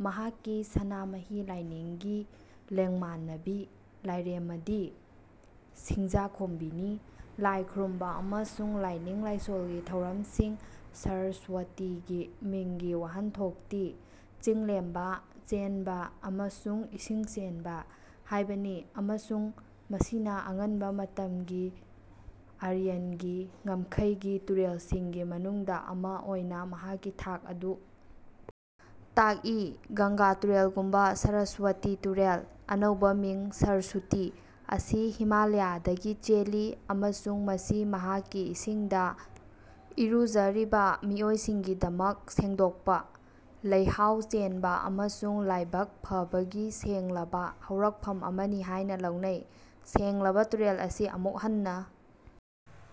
ꯃꯍꯥꯛꯀꯤ ꯁꯅꯥꯃꯍꯤ ꯂꯥꯢꯅꯤꯡꯒꯤ ꯂꯦꯡꯃꯥꯟꯅꯕꯤ ꯂꯥꯢꯔꯦꯝꯃꯗꯤ ꯁꯤꯡꯖꯥꯈꯣꯝꯕꯤꯅꯤ꯫ ꯂꯥꯏ ꯈꯨꯔꯨꯝꯕ ꯑꯃꯁꯨꯡ ꯂꯥꯏꯅꯤꯡ-ꯂꯥꯏꯁꯣꯜꯒꯤ ꯊꯧꯔꯝꯁꯤꯡ ꯁꯔꯁ꯭ꯋꯇꯤꯒꯤ ꯃꯤꯡꯒꯤ ꯋꯥꯍꯟꯊꯣꯛꯇꯤ 'ꯆꯤꯡꯂꯦꯝꯕ', 'ꯆꯦꯟꯕ', ꯑꯃꯁꯨꯡ 'ꯏꯁꯤꯡ ꯆꯦꯟꯕ' ꯍꯥꯏꯕꯅꯤ ꯑꯃꯁꯨꯡ ꯃꯁꯤꯅ ꯑꯉꯟꯕ ꯃꯇꯝꯒꯤ ꯑꯥꯔꯌꯟꯒꯤ ꯉꯝꯈꯩꯒꯤ ꯇꯨꯔꯦꯜꯁꯤꯡꯒꯤ ꯃꯅꯨꯡꯗ ꯑꯃ ꯑꯣꯏꯅ ꯃꯍꯥꯛꯀꯤ ꯊꯥꯛ ꯑꯗꯨ ꯇꯥꯛꯏ꯫ ꯒꯪꯒꯥ ꯇꯨꯔꯦꯜꯒꯨꯝꯅ ꯁꯔꯁ꯭ꯋꯇꯤ ꯇꯨꯔꯦꯜ (ꯑꯅꯧꯕ ꯃꯤꯡ: ꯁꯔꯁꯨꯇꯤ) ꯑꯁꯤ ꯍꯤꯃꯥꯂ꯭ꯌꯥꯗꯒꯤ ꯆꯦꯜꯂꯤ ꯑꯃꯁꯨꯡ ꯃꯁꯤ ꯃꯍꯥꯛꯀꯤ ꯏꯁꯤꯡꯗ ꯏꯔꯨꯖꯔꯤꯕ ꯃꯤꯑꯣꯏꯁꯤꯡꯒꯤꯗꯃꯛ ꯁꯦꯡꯗꯣꯛꯄ, ꯂꯩꯍꯥꯎ ꯆꯦꯟꯕ ꯑꯃꯁꯨꯡ ꯂꯥꯏꯕꯛ ꯐꯕꯒꯤ ꯁꯦꯡꯂꯕ ꯍꯧꯔꯛꯐꯝ ꯑꯃꯅꯤ ꯍꯥꯏꯅ ꯂꯧꯅꯩ꯫ ꯁꯦꯡꯂꯕ ꯇꯨꯔꯦꯜ ꯑꯁꯤ ꯑꯃꯨꯛ ꯍꯟꯅ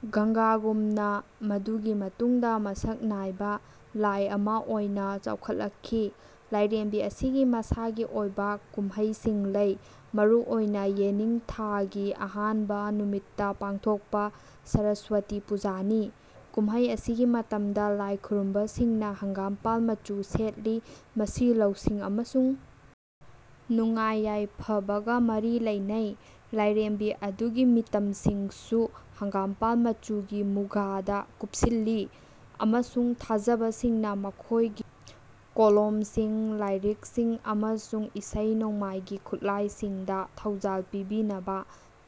ꯒꯪꯒꯥꯒꯨꯝꯅ ꯃꯗꯨꯒꯤ ꯃꯇꯨꯡꯗ ꯃꯁꯛ ꯅꯥꯏꯕ ꯂꯥꯏ ꯑꯃ ꯑꯣꯏꯅ ꯆꯥꯎꯈꯠꯂꯛꯈꯤ꯫ ꯂꯥꯏꯔꯦꯝꯕꯤ ꯑꯁꯤꯒꯤ ꯃꯁꯥꯒꯤ ꯑꯣꯏꯕ ꯀꯨꯝꯍꯩꯁꯤꯡ ꯂꯩ, ꯃꯔꯨꯑꯣꯏꯅ ꯌꯦꯅꯤꯡꯊꯥꯒꯤ ꯑꯍꯥꯟꯕ ꯅꯨꯃꯤꯠꯇ ꯄꯥꯡꯊꯣꯛꯄ ꯁꯔꯁ꯭ꯋꯇꯤ ꯄꯨꯖꯥꯅꯤ꯫ ꯀꯨꯝꯃꯩ ꯑꯁꯤꯒꯤ ꯃꯇꯝꯗ ꯂꯥꯏ ꯈꯨꯔꯨꯝꯕꯁꯤꯡꯅ ꯍꯪꯒꯥꯝꯄꯥꯜ ꯃꯆꯨ ꯁꯦꯠꯂꯤ꯫ ꯃꯁꯤ ꯂꯧꯁꯤꯡ ꯑꯃꯁꯨꯡ ꯅꯨꯡꯉꯥꯏ-ꯌꯥꯏꯐꯕꯒ ꯃꯔꯤ ꯂꯩꯅꯩ꯫ ꯂꯥꯏꯔꯦꯝꯕꯤ ꯑꯗꯨꯒꯤ ꯃꯤꯇꯝꯁꯤꯡꯁꯨ ꯍꯪꯒꯥꯝꯄꯥꯜ ꯃꯆꯨꯒꯤ ꯃꯨꯒꯥꯗ ꯀꯨꯞꯁꯤꯜꯂꯤ, ꯑꯃꯁꯨꯡ ꯊꯥꯖꯕꯁꯤꯡꯅ ꯃꯈꯣꯏꯒꯤ ꯀꯣꯂꯣꯝꯁꯤꯡ, ꯂꯥꯏꯔꯤꯛꯁꯤꯡ ꯑꯃꯁꯨꯡ ꯏꯁꯩ-ꯅꯣꯡꯃꯥꯏꯒꯤ ꯈꯨꯠꯂꯥꯏꯁꯤꯡꯗ ꯊꯧꯖꯥꯜ ꯄꯤꯕꯤꯅꯕ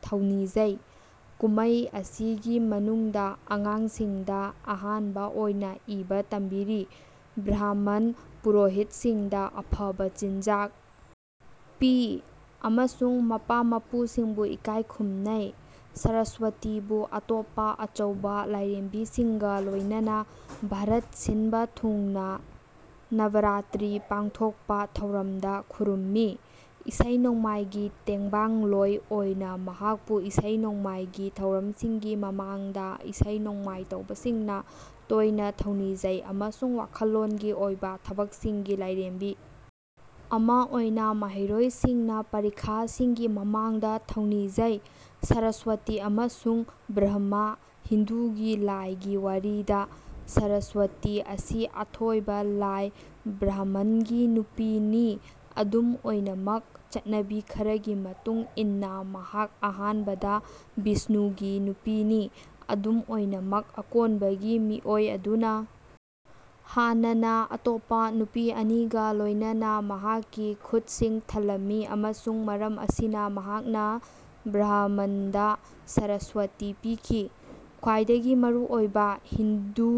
ꯊꯧꯅꯤꯖꯩ꯫ ꯀꯨꯝꯃꯩ ꯑꯁꯤꯒꯤ ꯃꯅꯨꯡꯗ ꯑꯉꯥꯡꯁꯤꯡꯗ ꯑꯍꯥꯟꯕ ꯑꯣꯏꯅ ꯏꯕ ꯇꯝꯕꯤꯔꯤ, ꯕ꯭ꯔꯥꯍꯃꯟ ꯄꯨꯔꯣꯍꯤꯠꯁꯤꯡꯗ ꯑꯐꯕ ꯆꯤꯟꯖꯥꯛ ꯄꯤ, ꯑꯃꯁꯨꯡ ꯃꯄꯥ-ꯃꯄꯨꯁꯤꯡꯕꯨ ꯏꯀꯥꯏ ꯈꯨꯝꯅꯩ꯫ ꯁꯔꯁ꯭ꯋꯇꯤꯕꯨ ꯑꯇꯣꯞꯄ ꯑꯆꯧꯕ ꯂꯥꯏꯔꯦꯝꯕꯤꯁꯤꯡꯒ ꯂꯣꯏꯅꯅ ꯚꯥꯔꯠ ꯁꯤꯟꯕ ꯊꯨꯡꯅ ꯅꯕꯔꯥꯇ꯭ꯔꯤ ꯄꯥꯡꯊꯣꯛꯄ ꯊꯧꯔꯝꯗ ꯈꯨꯔꯨꯝꯃꯤ꯫ ꯏꯁꯩ-ꯅꯣꯡꯃꯥꯏꯒꯤ ꯇꯦꯡꯕꯥꯡꯂꯣꯏ ꯑꯣꯏꯅ, ꯃꯍꯥꯛꯄꯨ ꯏꯁꯩ-ꯅꯣꯡꯃꯥꯏꯒꯤ ꯊꯧꯔꯝꯁꯤꯡꯒꯤ ꯃꯃꯥꯡꯗ ꯏꯁꯩ-ꯅꯣꯡꯃꯥꯏ ꯇꯧꯕꯁꯤꯡꯅ ꯇꯣꯏꯅ ꯊꯧꯅꯤꯖꯩ ꯑꯃꯁꯨꯡ ꯋꯥꯈꯜꯂꯣꯟꯒꯤ ꯑꯣꯏꯕ ꯊꯕꯛꯁꯤꯡꯒꯤ ꯂꯥꯏꯔꯦꯝꯕꯤ ꯑꯃ ꯑꯣꯏꯅ ꯃꯍꯩꯔꯣꯏꯁꯤꯡꯅ ꯄꯔꯤꯈꯥꯁꯤꯡꯒꯤ ꯃꯃꯥꯡꯗ ꯊꯧꯅꯤꯖꯩ꯫ ꯁꯔꯁ꯭ꯋꯇꯤ ꯑꯃꯁꯨꯡ ꯕ꯭ꯔꯍꯃ ꯍꯤꯟꯗꯨꯒꯤ ꯂꯥꯏꯒꯤ ꯋꯥꯔꯤꯗ, ꯁꯔꯁ꯭ꯋꯇꯤ ꯑꯁꯤ ꯑꯊꯣꯏꯕ ꯂꯥꯏ ꯕ꯭ꯔꯍꯃꯟꯒꯤ ꯅꯨꯄꯤꯅꯤ꯫ ꯑꯗꯨꯝ ꯑꯣꯏꯅꯃꯛ ꯆꯠꯅꯕꯤ ꯈꯔꯒꯤ ꯃꯇꯨꯡ ꯏꯟꯅ ꯃꯍꯥꯛ ꯑꯍꯥꯟꯕꯗ ꯕꯤꯁꯅꯨꯒꯤ ꯅꯨꯄꯤꯅꯤ꯫ ꯑꯗꯨꯝ ꯑꯣꯏꯅꯃꯛ ꯑꯀꯣꯟꯕꯒꯤ ꯃꯤꯑꯣꯏ ꯑꯗꯨꯅ ꯍꯥꯟꯅꯅ ꯑꯇꯣꯞꯄ ꯅꯨꯄꯤ ꯑꯅꯤꯒ ꯂꯣꯏꯅꯅ ꯃꯍꯥꯛꯀꯤ ꯈꯨꯠꯁꯤꯡ ꯊꯜꯂꯝꯃꯤ ꯑꯃꯁꯨꯡ ꯃꯔꯝ ꯑꯁꯤꯅ ꯃꯍꯥꯛꯅ ꯕ꯭ꯔꯍꯃꯟꯗ ꯁꯔꯁ꯭ꯋꯇꯤ ꯄꯤꯈꯤ꯫ ꯈ꯭ꯋꯥꯏꯗꯒꯤ ꯃꯔꯨꯑꯣꯏꯕ ꯍꯤꯟꯗꯨ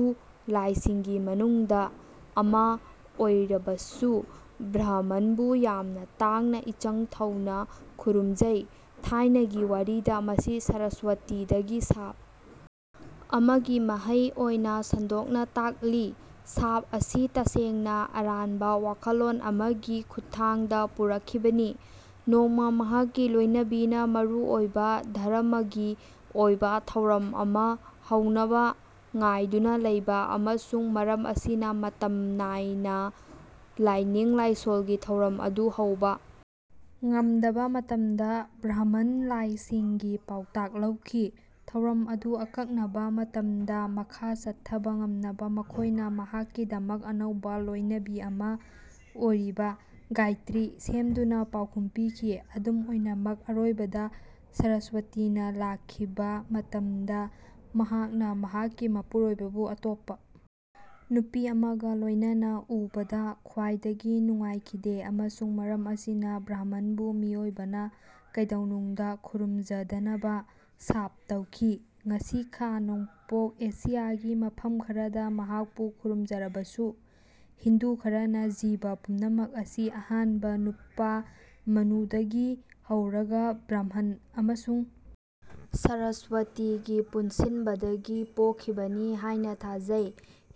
ꯂꯥꯏꯁꯤꯡꯒꯤ ꯃꯅꯨꯡꯗ ꯑꯃꯥ ꯑꯣꯏꯔꯕꯁꯨ, ꯕ꯭ꯔꯍꯃꯟꯕꯨ ꯌꯥꯝꯅ ꯇꯥꯡꯅ ꯏꯆꯪ ꯊꯧꯅ ꯈꯨꯔꯨꯝꯖꯩ꯫ ꯊꯥꯏꯅꯒꯤ ꯋꯥꯔꯤꯗ ꯃꯁꯤ ꯁꯔꯁ꯭ꯋꯇꯤꯗꯒꯤ ꯁꯥꯞ ꯑꯃꯒꯤ ꯃꯍꯩ ꯑꯣꯏꯅ ꯁꯟꯗꯣꯛꯅ ꯇꯥꯛꯂꯤ꯫ ꯁꯥꯞ ꯑꯁꯤ ꯇꯁꯦꯡꯅ ꯑꯔꯥꯟꯕ ꯋꯥꯈꯜꯂꯣꯟ ꯑꯃꯒꯤ ꯈꯨꯠꯊꯥꯡꯗ ꯄꯨꯔꯛꯈꯤꯕꯅꯤ꯫ ꯅꯣꯡꯃ ꯃꯍꯥꯛꯀꯤ ꯂꯣꯏꯅꯕꯤꯅ ꯃꯔꯨꯑꯣꯏꯕ ꯙꯔꯃꯒꯤ ꯑꯣꯏꯕ ꯊꯧꯔꯝ ꯑꯃ ꯍꯧꯅꯕ ꯉꯥꯏꯗꯨꯅ ꯂꯩꯕ ꯑꯃꯁꯨꯡ ꯃꯔꯝ ꯑꯁꯤꯅ ꯃꯇꯝ ꯅꯥꯏꯅ ꯂꯥꯏꯅꯤꯡ-ꯂꯥꯏꯁꯣꯜꯒꯤ ꯊꯧꯔꯝ ꯑꯗꯨ ꯍꯧꯕ ꯉꯝꯗꯕ ꯃꯇꯝꯗ, ꯕ꯭ꯔꯍꯃꯟ ꯂꯥꯏꯁꯤꯡꯒꯤ ꯄꯥꯎꯇꯥꯛ ꯂꯧꯈꯤ꯫ ꯊꯧꯔꯝ ꯑꯗꯨ ꯑꯀꯛꯅꯕ ꯃꯇꯝꯗ ꯃꯈꯥ ꯆꯠꯊꯕ ꯉꯝꯅꯕ ꯃꯈꯣꯏꯅ ꯃꯍꯥꯛꯀꯤꯗꯃꯛ ꯑꯅꯧꯕ ꯂꯣꯏꯅꯕꯤ ꯑꯃ ꯑꯣꯏꯔꯤꯕ ꯒꯥꯏꯇ꯭ꯔꯤ ꯁꯦꯝꯗꯨꯅ ꯄꯥꯎꯈꯨꯝ ꯄꯤꯈꯤ꯫ ꯑꯗꯨꯝ ꯑꯣꯏꯅꯃꯛ ꯑꯔꯣꯏꯕꯗ ꯁꯔꯁ꯭ꯋꯇꯤꯅ ꯂꯥꯛꯈꯤꯕ ꯃꯇꯝꯗ ꯃꯍꯥꯛꯅ ꯃꯍꯥꯛꯀꯤ ꯃꯄꯨꯔꯣꯏꯕꯕꯨ ꯑꯇꯣꯞꯄ ꯅꯨꯄꯤ ꯑꯃꯒ ꯂꯣꯏꯅꯅ ꯎꯕꯗ ꯈ꯭ꯋꯥꯏꯗꯒꯤ ꯅꯨꯡꯉꯥꯏꯈꯤꯗꯦ ꯑꯃꯁꯨꯡ ꯃꯔꯝ ꯑꯁꯤꯅ ꯕ꯭ꯔꯍꯃꯟꯕꯨ ꯃꯤꯑꯣꯏꯕꯅ ꯀꯩꯗꯧꯅꯨꯡꯗ ꯈꯨꯔꯨꯝꯖꯗꯅꯕ ꯁꯥꯞ ꯇꯧꯈꯤ (ꯉꯁꯤ ꯈꯥ-ꯅꯣꯡꯄꯣꯛ ꯑꯦꯁꯤꯌꯥꯒꯤ ꯃꯐꯝ ꯈꯔꯗ ꯃꯍꯥꯛꯄꯨ ꯈꯨꯔꯨꯝꯖꯔꯕꯁꯨ)꯫ ꯍꯤꯟꯗꯨ ꯈꯔꯅ ꯖꯤꯕ ꯄꯨꯝꯅꯃꯛ ꯑꯁꯤ ꯑꯍꯥꯟꯕ ꯅꯨꯄꯥ ꯃꯅꯨꯗꯒꯤ ꯍꯧꯔꯒ ꯕ꯭ꯔꯍꯃꯟ ꯑꯃꯁꯨꯡ ꯁꯔꯁ꯭ꯋꯇꯤꯒꯤ ꯄꯨꯟꯁꯤꯟꯕꯗꯒꯤ ꯄꯣꯛꯈꯤꯕꯅꯤ ꯍꯥꯏꯅ ꯊꯥꯖꯩ꯫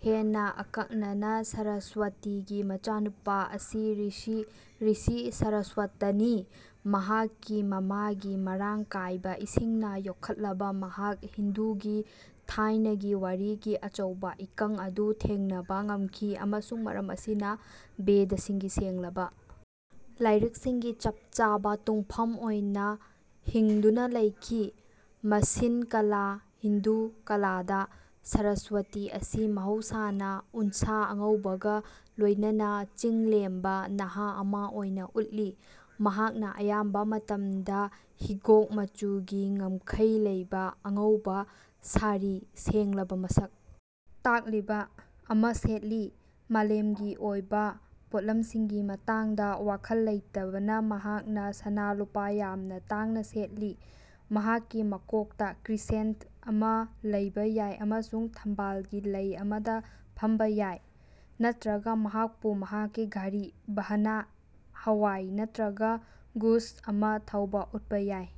ꯍꯦꯟꯅ ꯑꯀꯛꯅꯅ, ꯁꯔꯁ꯭ꯋꯇꯤꯒꯤ ꯃꯆꯥꯅꯨꯄꯥ ꯑꯁꯤ ꯔꯤꯁꯤ (ꯔꯤꯁꯤ) ꯁꯔꯁ꯭ꯋꯇꯅꯤ꯫ ꯃꯍꯥꯛꯀꯤ ꯃꯃꯥꯒꯤ ꯃꯔꯥꯡ ꯀꯥꯏꯕ ꯏꯁꯤꯡꯅ ꯌꯣꯛꯈꯠꯂꯕ ꯃꯍꯥꯛ ꯍꯤꯟꯗꯨꯒꯤ ꯊꯥꯏꯅꯒꯤ ꯋꯥꯔꯤꯒꯤ ꯑꯆꯧꯕ ꯏꯀꯪ ꯑꯗꯨ ꯊꯦꯡꯅꯕ ꯉꯝꯈꯤ ꯑꯃꯁꯨꯡ ꯃꯔꯝ ꯑꯁꯤꯅ ꯕꯦꯗꯁꯤꯡꯒꯤ ꯁꯦꯡꯂꯕ ꯂꯥꯏꯔꯤꯛꯁꯤꯡꯒꯤ ꯆꯞ ꯆꯥꯕ ꯇꯨꯡꯐꯝ ꯑꯣꯏꯅ ꯍꯤꯡꯗꯨꯅ ꯂꯩꯈꯤ꯫ ꯃꯁꯤꯟ (ꯀꯂꯥ) ꯍꯤꯟꯗꯨ ꯀꯂꯥꯗ, ꯁꯔꯁ꯭ꯋꯇꯤ ꯑꯁꯤ ꯃꯍꯧꯁꯥꯅ ꯎꯟꯁꯥ ꯑꯉꯧꯕꯒ ꯂꯣꯏꯅꯅ ꯆꯤꯡꯂꯦꯝꯕ ꯅꯍꯥ ꯑꯃꯥ ꯑꯣꯏꯅ ꯎꯠꯂꯤ꯫ ꯃꯍꯥꯛꯅ ꯑꯌꯥꯝꯕ ꯃꯇꯝꯗ ꯍꯤꯒꯣꯛ ꯃꯆꯨꯒꯤ ꯉꯝꯈꯩ ꯂꯩꯕ ꯑꯉꯧꯕ ꯁꯥꯔꯤ (ꯁꯦꯡꯂꯕ ꯃꯁꯛ ꯇꯥꯛꯂꯤꯕ) ꯑꯃ ꯁꯦꯠꯂꯤ꯫ ꯃꯥꯂꯦꯝꯒꯤ ꯑꯣꯏꯕ ꯄꯣꯠꯂꯝꯁꯤꯡꯒꯤ ꯃꯇꯥꯡꯗ ꯋꯥꯈꯜ ꯂꯩꯇꯕꯅ ꯃꯍꯥꯛꯅ ꯁꯅꯥ-ꯂꯨꯄꯥ ꯌꯥꯝꯅ ꯇꯥꯡꯅ ꯁꯦꯠꯂꯤ꯫ ꯃꯍꯥꯛꯀꯤ ꯃꯀꯣꯛꯇ ꯀ꯭ꯔꯤꯁꯦꯟꯠ ꯑꯃ ꯂꯩꯕ ꯌꯥꯏ ꯑꯃꯁꯨꯡ ꯊꯝꯕꯥꯜꯒꯤ ꯂꯩ ꯑꯃꯗ ꯐꯝꯕ ꯌꯥꯏ꯫ ꯅꯠꯇ꯭ꯔꯒ ꯃꯍꯥꯛꯄꯨ ꯃꯍꯥꯛꯀꯤ ꯒꯥꯔꯤ (ꯚꯥꯍꯥꯅꯥ), ꯍꯋꯥꯏ ꯅꯠꯇ꯭ꯔꯒ ꯒꯨꯁ ꯑꯃ ꯊꯧꯕ ꯎꯠꯄ ꯌꯥꯏ꯫